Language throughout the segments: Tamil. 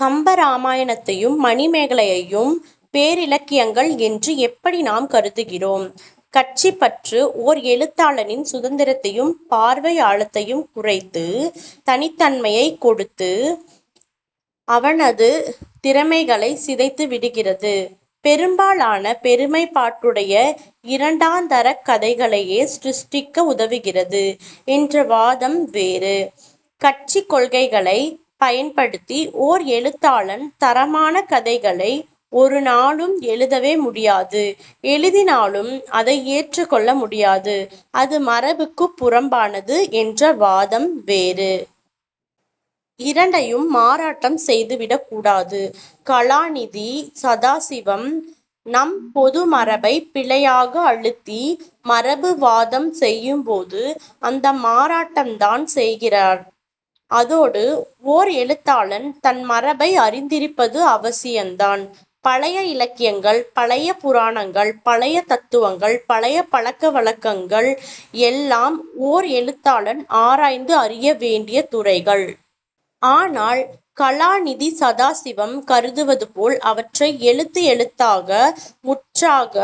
கம்பராமாயணத்தையும் மணிமேகலையையும் பேரிலக்கியங்கள் என்று எப்படி நாம் கருதுகிறோம்? கட்சிப் பற்று, ஓர் எழுத்தாளனின் சுதந்திரத்தையும் பார்வை ஆழத்தையும் குறைத்து, தனித்தன்மையைக் கொடுத்து, அவனது திறமைகளைச் சிதைத்துவிடுகிறது; பெரும்பாலான பெருமைப்பாட்டுடைய இரண்டாந்தரக் கதைகளையே சிருஷ்டிக்க உதவுகிறது என்ற வாதம் வேறு. கட்சிக் கொள்கைகளைப் பயன்படுத்தி ஓர் எழுத்தாளன் தரமான கதைகளை ஒரு நாளும் எழுதவே முடியாது; எழுதினாலும் அதை ஏற்றுக் கொள்ள முடியாது; அது மரபுக்கு புறம்பானது என்ற வாதம் வேறு. இரண்டையும் மாறாட்டம் செய்துவிடக்கூடாது. கலாநிதி சதாசிவம் நம் பொது மரபைப் பிழையாக அழுத்தி மரபு வாதம் செய்யும் போது அந்த மாறாட்டந்தான் செய்கிறார். அதோடு, ஓர் எழுத்தாளன் தன் மரபை அறிந்திருப்பது அவசியந்தான். பழைய இலக்கியங்கள், பழைய புராணங்கள், பழைய தத்துவங்கள், பழைய பழக்க வழக்கங்கள் எல்லாம் ஓர் எழுத்தாளன் ஆராய்ந்து அறிய வேண்டிய துறைகள். ஆனால் கலாநிதி சதாசிவம் கருதுவதுபோல் அவற்றை எழுத்து எழுத்தாக முற்றாக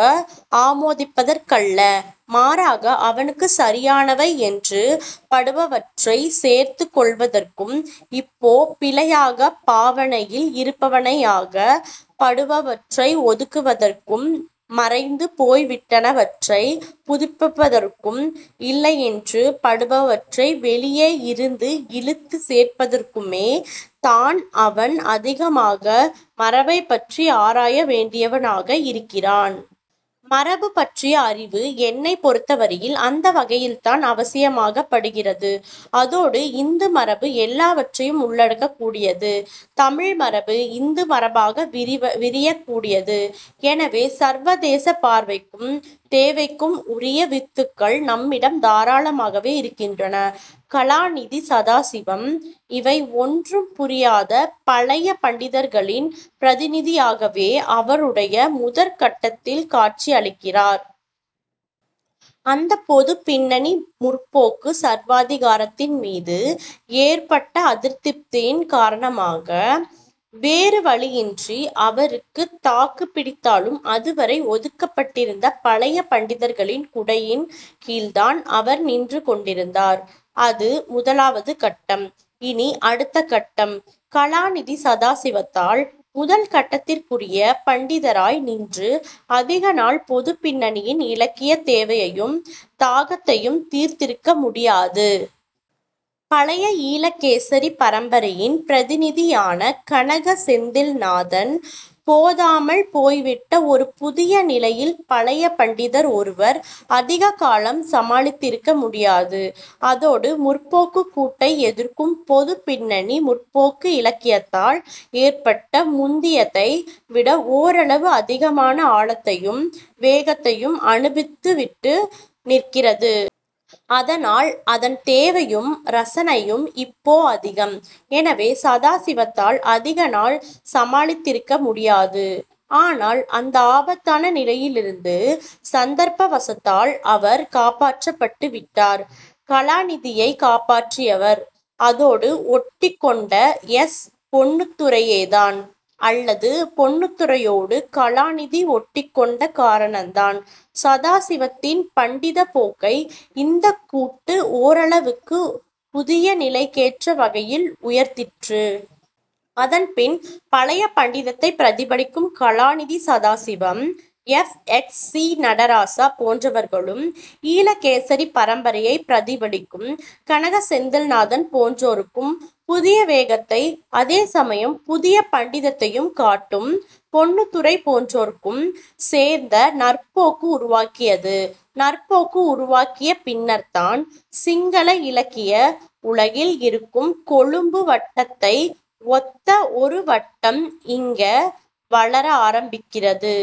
ஆமோதிப்பதற்கல்ல. மாறாக, அவனுக்குச் சரியானவை என்று படுபவற்றைச் சேர்த்துக் கொள்வதற்கும், இப்போ பிழையாகப் பாவனையில் இருப்பவையாகப் படுபவற்றை ஒதுக்குவதற்கும், மறைந்து போய்விட்டனவற்றைப் புதுப்பிப்பதற்கும், இல்லையென்று படுபவற்றை வெளியே இருந்து இழுத்துச் சேர்ப்பதற்குமே தான் அவன் அதிகமாக மரபைப்பற்றி ஆராய வேண்டியவனாக இருக்கிறான். மரபுபற்றிய அறிவு, என்னைப் பொருத்தவரையில், அந்த வகையில்தான் அவசியமாகப்படுகிறது. அதோடு இந்து மரபு எல்லாவற்றையும் உள்ளடக்கக் கூடியது. தமிழ் மரபு இந்து மரபாக விரியக் கூடியது. எனவே, சர்வதேசப் பார்வைக்கும் தேவைக்கும் உரிய வித்துகள் நம்மிடம் தாராளமாகவே இருக்கின்றன. கலாநிதி சதாசிவம், இவை ஒன்றும் புரியாத பழைய பண்டிதர்களின் பிரதிநிதியாகவே அவருடைய முதற் கட்டத்தில் காட்சி அளிக்கிறார். அந்தப் பொதுப் பின்னணி, 'முற்போக்கு' சர்வாதிகாரத்தின் மீது ஏற்பட்ட அதிருப்தியின் காரணமாய், வேறு வழியின்றி அவருக்குத் தாக்குப் பிடித்தாலும் அதுவரை ஒதுக்கப்பட்டிருந்த பழைய பண்டிதர்களின் குடையின் கீழ்தான் அவர் நின்றுகொண்டிருந்தார். அது முதலாவது கட்டம். இனி அடுத்த கட்டம். கலாநிதி சதாசிவத்தால் முதல் கட்டத்துக்குரிய பண்டிதராய் நின்று அதிக நாள் பொதுப் பின்னணியின் இலக்கியத் தேவையையும் தாகத்தையும் தீர்த்திருக்க முடியாது. பழைய ஈழகேசரிப் பரம்பரையின் பிரதிநிதியான கனக செந்திநாதன் போதாமல் போய்விட்ட ஒரு புதிய நிலையில் பழைய பண்டிதர் ஒருவர் அதிக காலம் சமாளித்திருக்க முடியாது. அதோடு 'முற்போக்கு'க் கூட்டை எதிர்க்கும் பொதுப் பின்னணி, 'முற்போக்கு' இலக்கியத்தால் ஏற்பட்ட முந்தியத்தை விட ஓரளவு அதிகமான, ஆழத்தையும் வேகத்தையும் அனுபவித்துவிட்டு நிற்கிறது. அதனால் அதன் தேவையும் ரசனையும் இப்போ அதிகம். எனவே, சதாசிவத்தால் அதிக நாள் சமாளித்திருக்க முடியாது. ஆனால் அந்த ஆபத்தான நிலையிலிருந்து சந்தர்ப்பவசத்தால் அவர் காப்பாற்றப்பட்டுவிட்டார். கலாநிதியைக் காப்பாற்றியவர் அதோடு ஒட்டிக்கொண்ட எஸ். பொன்னுத்துரையேதான். அல்லது பொன்னுத்துரையோடு கலாநிதி ஒட்டிக்கொண்ட காரணந்தான். சதாசிவத்தின் பண்டிதப் போக்கை இந்தக் கூட்டு ஓரளவுக்குப் புதிய நிலைக்கேற்ற வகையில் உயர்த்திற்று. அதன்பின் பழைய பண்டிதத்தைப் பிரதிபலிக்கும் கலாநிதி Sadasivam, F. X. C. Nadarajah போன்றவர்களும் ஈழகேசரிப் பரம்பரையைப் பிரதிபலிக்கும் கனக செந்திநாதன் போன்றோருக்கும் புதிய வேகத்தையும் அதே சமயம் புதிய பண்டிதத்தையும் காட்டும் பொன்னுத்துரை போன்றோருக்கும் சேர்ந்த 'நற்போக்கு' உருவாக்கியது. 'நற்போக்கு' உருவாக்கிய பின்னர்தான் சிங்கள இலக்கிய உலகில் இருக்கும் 'கொழும்பு வட்ட'த்தை ஒத்த ஒரு வட்டம் இங்க வளர ஆரம்பிக்கிறது.